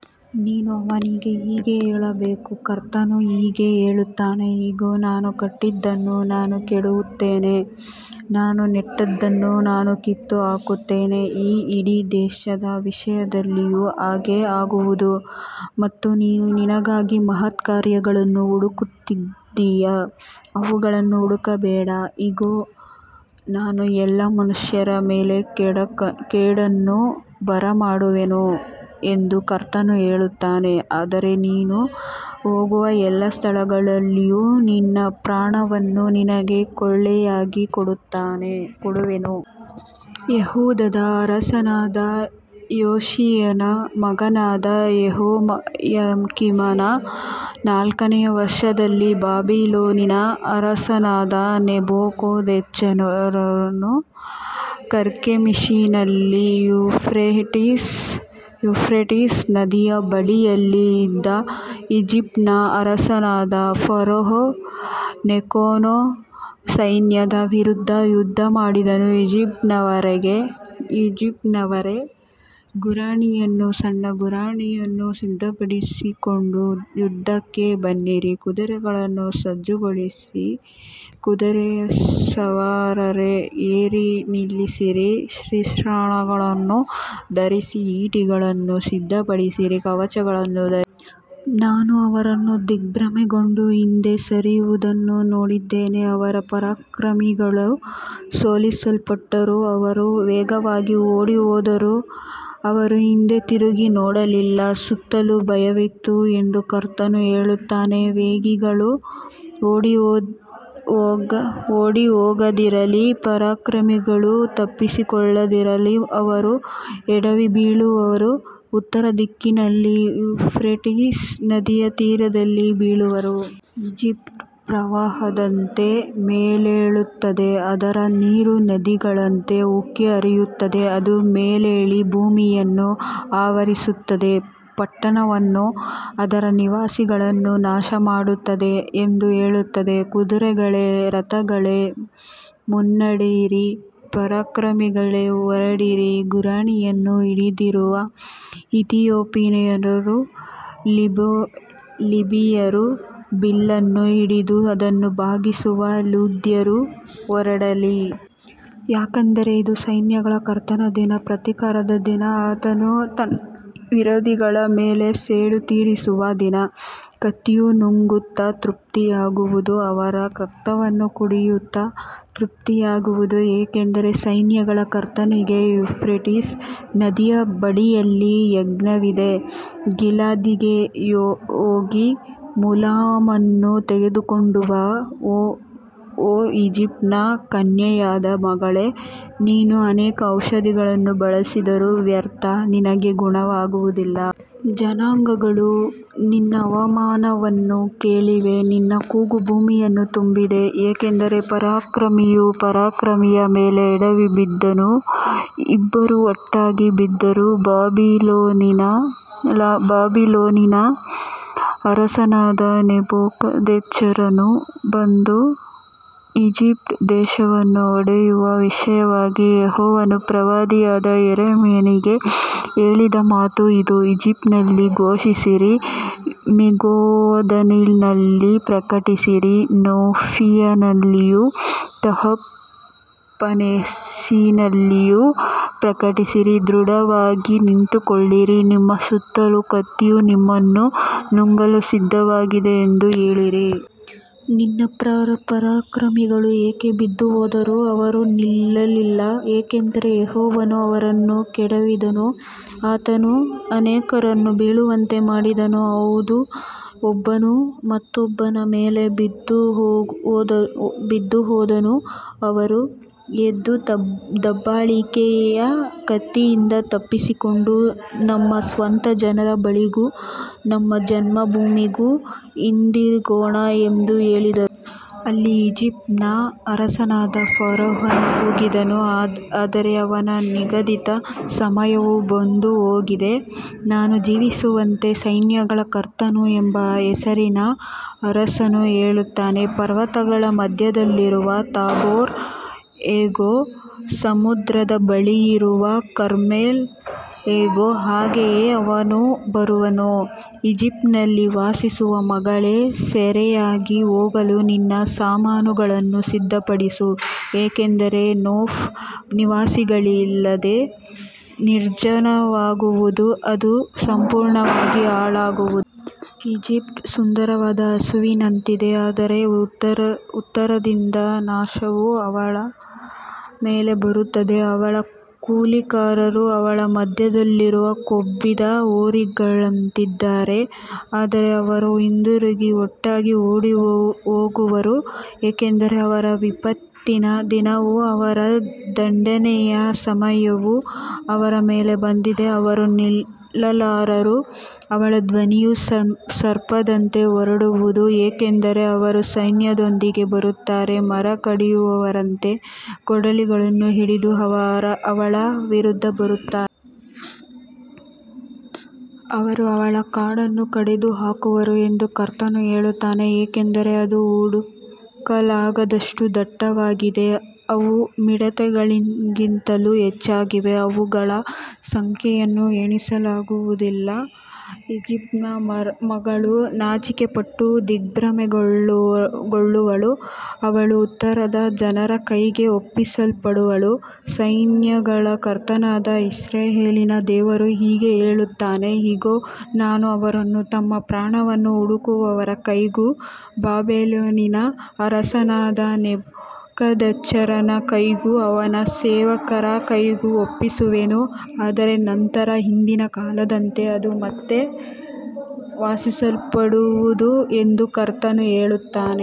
ನೀನು ಅವನಿಗೆ ಹೀಗೆ ಹೇಳಬೇಕು, ಕರ್ತನು ಹೀಗೆ ಹೇಳುತ್ತಾನೆ, ಇಗೋ, ನಾನು ಕಟ್ಟಿದ್ದನ್ನು ನಾನು ಕೆಡವುತ್ತೇನೆ, ನಾನು ನೆಟ್ಟದ್ದನ್ನು ನಾನು ಕಿತ್ತುಹಾಕುತ್ತೇನೆ, ಈ ಇಡೀ ದೇಶದ ವಿಷಯದಲ್ಲಿಯೂ ಹಾಗೆಯೇ ಆಗುವುದು. ಮತ್ತು ನೀನು ನಿನಗಾಗಿ ಮಹತ್ಕಾರ್ಯಗಳನ್ನು ಹುಡುಕುತ್ತಿದ್ದೀಯಾ, ಅವುಗಳನ್ನು ಹುಡುಕಬೇಡ, ಇಗೋ, ನಾನು ಎಲ್ಲಾ ಮನುಷ್ಯರ ಮೇಲೆ ಕೇಡನ್ನು ಬರಮಾಡುವೆನು ಎಂದು ಕರ್ತನು ಹೇಳುತ್ತಾನೆ, ಆದರೆ ನೀನು ಹೋಗುವ ಎಲ್ಲ ಸ್ಥಳಗಳಲ್ಲಿಯೂ ನಿನ್ನ ಪ್ರಾಣವನ್ನು ನಿನಗೆ ಕೊಳ್ಳೆಯಾಗಿ ಕೊಡುವೆನು. ಯೆಹೂದದ ಅರಸನಾದ ಯೋಷೀಯನ ಮಗನಾದ ಯೆಹೋಯಾಕೀಮನ ನಾಲ್ಕನೆಯ ವರ್ಷದಲ್ಲಿ, ಬಾಬಿಲೋನಿನ ಅರಸನಾದ ನೆಬೂಕದ್ನೆಚ್ಚರನು ಕರ್ಕೆಮೀಷಿನಲ್ಲಿ ಯೂಫ್ರೇಟಿಸ್ ನದಿಯ ಬಳಿಯಲ್ಲಿ ಇದ್ದ ಈಜಿಪ್ಟಿನ ಅರಸನಾದ ಫರೋಹ್ ನೆಕೋನ ಸೈನ್ಯದ ವಿರುದ್ಧ ಯುದ್ಧಮಾಡಿದನು. ಈಜಿಪ್ಟಿನವರೇ, ಗುರಾಣಿಯನ್ನೂ ಸಣ್ಣ ಗುರಾಣಿಯನ್ನೂ ಸಿದ್ಧಪಡಿಸಿಕೊಂಡು ಯುದ್ಧಕ್ಕೆ ಬನ್ನಿರಿ. ಕುದುರೆಗಳನ್ನು ಸಜ್ಜುಗೊಳಿಸಿ, ಕುದುರೆಸವಾರರೇ, ಏರಿ ನಿಲ್ಲಿರಿ, ಶಿರಸ್ತ್ರಾಣಗಳನ್ನು ಧರಿಸಿರಿ, ಈಟಿಗಳನ್ನು ಸಿದ್ಧಪಡಿಸಿರಿ, ಕವಚಗಳನ್ನು ಧರಿಸಿರಿ. ನಾನು ಅವರನ್ನು ದಿಗ್ಭ್ರಮೆಗೊಂಡು ಹಿಂದೆ ಸರಿಯುವುದನ್ನು ನೋಡಿದ್ದೇನೆ, ಅವರ ಪರಾಕ್ರಮಿಗಳು ಸೋಲಿಸಲ್ಪಟ್ಟರು, ಅವರು ವೇಗವಾಗಿ ಓಡಿಹೋದರು, ಅವರು ಹಿಂದೆ ತಿರುಗಿ ನೋಡಲಿಲ್ಲ, ಸುತ್ತಲೂ ಭಯವಿತ್ತು ಎಂದು ಕರ್ತನು ಹೇಳುತ್ತಾನೆ. ವೇಗಿಗಳು ಓಡಿಹೋಗದಿರಲಿ, ಪರಾಕ್ರಮಿಗಳು ತಪ್ಪಿಸಿಕೊಳ್ಳದಿರಲಿ, ಅವರು ಎಡವಿ ಬೀಳುವರು, ಉತ್ತರ ದಿಕ್ಕಿನಲ್ಲಿ ಯೂಫ್ರೇಟಿಸ್ ನದಿಯ ತೀರದಲ್ಲಿ ಬೀಳುವರು. ಈಜಿಪ್ಟ್ ಪ್ರವಾಹದಂತೆ ಮೇಲೇಳುತ್ತದೆ, ಅದರ ನೀರು ನದಿಗಳಂತೆ ಉಕ್ಕಿ ಹರಿಯುತ್ತದೆ, ಅದು ಮೇಲೇಳಿ ಭೂಮಿಯನ್ನು ಆವರಿಸುತ್ತದೆ, ಪಟ್ಟಣವನ್ನೂ ಅದರ ನಿವಾಸಿಗಳನ್ನೂ ನಾಶಮಾಡುತ್ತದೆ ಎಂದು ಹೇಳುತ್ತದೆ. ಕುದುರೆಗಳೇ, ರಥಗಳೇ, ಮುನ್ನಡೆಯಿರಿ, ಪರಾಕ್ರಮಿಗಳೇ, ಹೊರಡಿರಿ, ಗುರಾಣಿಯನ್ನು ಹಿಡಿದಿರುವ ಇಥಿಯೋಪಿಯರೂ, ಲಿಬಿಯರೂ, ಬಿಲ್ಲನ್ನು ಹಿಡಿದು ಅದನ್ನು ಬಾಗಿಸುವ ಲೂದ್ಯರೂ ಹೊರಡಲಿ. ಯಾಕಂದರೆ ಇದು ಸೈನ್ಯಗಳ ಕರ್ತನ ದಿನ, ಪ್ರತೀಕಾರದ ದಿನ, ಆತನು ತನ್ನ ವಿರೋಧಿಗಳ ಮೇಲೆ ಸೇಡು ತೀರಿಸುವ ದಿನ. ಕತ್ತಿಯು ನುಂಗುತ್ತಾ ತೃಪ್ತಿಯಾಗುವುದು, ಅವರ ರಕ್ತವನ್ನು ಕುಡಿಯುತ್ತಾ ತೃಪ್ತಿಯಾಗುವುದು, ಏಕೆಂದರೆ ಸೈನ್ಯಗಳ ಕರ್ತನಿಗೆ ಯೂಫ್ರೇಟಿಸ್ ನದಿಯ ಬಳಿಯಲ್ಲಿ ಯಜ್ಞವಿದೆ. ಗಿಲ್ಯಾದಿಗೆ ಹೋಗಿ, ಮುಲಾಮನ್ನು ತೆಗೆದುಕೊಂಡು ಬಾ, ಓ ಈಜಿಪ್ಟಿನ ಕನ್ಯೆಯಾದ ಮಗಳೇ, ನೀನು ಅನೇಕ ಔಷಧಿಗಳನ್ನು ಬಳಸಿದರೂ ವ್ಯರ್ಥ, ನಿನಗೆ ಗುಣವಾಗುವುದಿಲ್ಲ. ಜನಾಂಗಗಳು ನಿನ್ನ ಅವಮಾನವನ್ನು ಕೇಳಿವೆ, ನಿನ್ನ ಕೂಗು ಭೂಮಿಯನ್ನು ತುಂಬಿದೆ, ಏಕೆಂದರೆ ಪರಾಕ್ರಮಿಯು ಪರಾಕ್ರಮಿಯ ಮೇಲೆ ಎಡವಿ ಬಿದ್ದನು, ಇಬ್ಬರೂ ಒಟ್ಟಾಗಿ ಬಿದ್ದರು. ಬಾಬಿಲೋನಿನ ಅರಸನಾದ ನೆಬೂಕದ್ನೆಚ್ಚರನು ಬಂದು ಈಜಿಪ್ಟ್ ದೇಶವನ್ನು ಹೊಡೆಯುವ ವಿಷಯವಾಗಿ ಯೆಹೋವನು ಪ್ರವಾದಿಯಾದ ಯೆರೆಮೀಯನಿಗೆ ಹೇಳಿದ ಮಾತು ಇದು. ಈಜಿಪ್ಟಿನಲ್ಲಿ ಘೋಷಿಸಿರಿ, ಮಿಗ್ದೋಲಿನಲ್ಲಿ ಪ್ರಕಟಿಸಿರಿ, ನೋಫಿನಲ್ಲಿಯೂ ತಹಪನೇಹೆಸಿನಲ್ಲಿಯೂ ಪ್ರಕಟಿಸಿರಿ, ದೃಢವಾಗಿ ನಿಂತುಕೊಳ್ಳಿರಿ, ನಿಮ್ಮ ಸುತ್ತಲೂ ಕತ್ತಿಯು ನಿಮ್ಮನ್ನು ನುಂಗಲು ಸಿದ್ಧವಾಗಿದೆ ಎಂದು ಹೇಳಿರಿ. ನಿನ್ನ ಪರಾಕ್ರಮಿಗಳು ಏಕೆ ಬಿದ್ದುಹೋದರು, ಅವರು ನಿಲ್ಲಲಿಲ್ಲ, ಏಕೆಂದರೆ ಯೆಹೋವನು ಅವರನ್ನು ಕೆಡವಿದನು. ಆತನು ಅನೇಕರನ್ನು ಬೀಳುವಂತೆ ಮಾಡಿದನು, ಹೌದು, ಒಬ್ಬನು ಮತ್ತೊಬ್ಬನ ಮೇಲೆ ಬಿದ್ದುಹೋದನು. ಅವರು, ಎದ್ದು, ದಬ್ಬಾಳಿಕೆಯ ಕತ್ತಿಯಿಂದ ತಪ್ಪಿಸಿಕೊಂಡು ನಮ್ಮ ಸ್ವಂತ ಜನರ ಬಳಿಗೂ ನಮ್ಮ ಜನ್ಮಭೂಮಿಗೂ ಹಿಂದಿರುಗೋಣ ಎಂದು ಹೇಳಿದರು. ಅಲ್ಲಿ ಈಜಿಪ್ಟಿನ ಅರಸನಾದ ಫರೋಹನು ಕೂಗಿದನು, ಆದರೆ ಅವನ ನಿಗದಿತ ಸಮಯವು ಬಂದುಹೋಗಿದೆ. ನಾನು ಜೀವಿಸುವಂತೆ, ಸೈನ್ಯಗಳ ಕರ್ತನು ಎಂಬ ಹೆಸರಿನ ಅರಸನು ಹೇಳುತ್ತಾನೆ, ಪರ್ವತಗಳ ಮಧ್ಯದಲ್ಲಿರುವ ತಾಬೋರ್ ಹೇಗೋ, ಸಮುದ್ರದ ಬಳಿಯಿರುವ ಕರ್ಮೆಲ್ ಹೇಗೋ, ಹಾಗೆಯೇ ಅವನು ಬರುವನು. ಈಜಿಪ್ಟಿನಲ್ಲಿ ವಾಸಿಸುವ ಮಗಳೇ, ಸೆರೆಯಾಗಿ ಹೋಗಲು ನಿನ್ನ ಸಾಮಾನುಗಳನ್ನು ಸಿದ್ಧಪಡಿಸು, ಏಕೆಂದರೆ ನೋಫ್ ನಿವಾಸಿಗಳಿಲ್ಲದೆ ನಿರ್ಜನವಾಗುವುದು, ಅದು ಸಂಪೂರ್ಣವಾಗಿ ಹಾಳಾಗುವುದು. ಈಜಿಪ್ಟ್ ಸುಂದರವಾದ ಹಸುವಿನಂತಿದೆ, ಆದರೆ ಉತ್ತರದಿಂದ ನಾಶವು ಅವಳ ಮೇಲೆ ಬರುತ್ತದೆ. ಅವಳ ಕೂಲಿಕಾರರು ಅವಳ ಮಧ್ಯದಲ್ಲಿರುವ ಕೊಬ್ಬಿದ ಹೋರಿಗಳಂತಿದ್ದಾರೆ, ಆದರೆ ಅವರೂ ಹಿಂದಿರುಗಿ ಒಟ್ಟಾಗಿ ಓಡಿಹೋಗುವರು, ಏಕೆಂದರೆ ಅವರ ವಿಪತ್ತಿನ ದಿನವೂ ಅವರ ದಂಡನೆಯ ಸಮಯವೂ ಅವರ ಮೇಲೆ ಬಂದಿದೆ, ಅವರು ನಿಲ್ಲಲಾರರು. ಅವಳ ಧ್ವನಿಯು ಸರ್ಪದಂತೆ ಹೊರಡುವುದು, ಏಕೆಂದರೆ ಅವರು ಸೈನ್ಯದೊಂದಿಗೆ ಬರುತ್ತಾರೆ, ಮರ ಕಡಿಯುವವರಂತೆ ಕೊಡಲಿಗಳನ್ನು ಹಿಡಿದು ಅವಳ ವಿರುದ್ಧ ಬರುತ್ತಾರೆ. ಅವರು ಅವಳ ಕಾಡನ್ನು ಕಡಿದುಹಾಕುವರು ಎಂದು ಕರ್ತನು ಹೇಳುತ್ತಾನೆ, ಏಕೆಂದರೆ ಅದು ಹುಡುಕಲಾಗದಷ್ಟು ದಟ್ಟವಾಗಿದೆ, ಅವು ಮಿಡತೆಗಳಿಗಿಂತಲೂ ಹೆಚ್ಚಾಗಿವೆ, ಅವುಗಳ ಸಂಖ್ಯೆಯನ್ನು ಎಣಿಸಲಾಗುವುದಿಲ್ಲ. ಈಜಿಪ್ಟಿನ ಮಗಳು ನಾಚಿಕೆಪಟ್ಟು ದಿಗ್ಭ್ರಮೆಗೊಳ್ಳುವಳು, ಅವಳು ಉತ್ತರದ ಜನರ ಕೈಗೆ ಒಪ್ಪಿಸಲ್ಪಡುವಳು. ಸೈನ್ಯಗಳ ಕರ್ತನಾದ ಇಸ್ರಾಯೇಲಿನ ದೇವರು ಹೀಗೆ ಹೇಳುತ್ತಾನೆ, ಇಗೋ, ನಾನು ಅವರನ್ನು ತಮ್ಮ ಪ್ರಾಣವನ್ನು ಹುಡುಕುವವರ ಕೈಗೂ, ಬಾಬಿಲೋನಿನ ಅರಸನಾದ ನೆಬೂಕದ್ನೆಚ್ಚರನ ಕೈಗೂ, ಅವನ ಸೇವಕರ ಕೈಗೂ ಒಪ್ಪಿಸುವೆನು, ಆದರೆ ನಂತರ ಹಿಂದಿನ ಕಾಲದಂತೆ ಅದು ಮತ್ತೆ ವಾಸಿಸಲ್ಪಡುವುದು ಎಂದು ಕರ್ತನು ಹೇಳುತ್ತಾನೆ.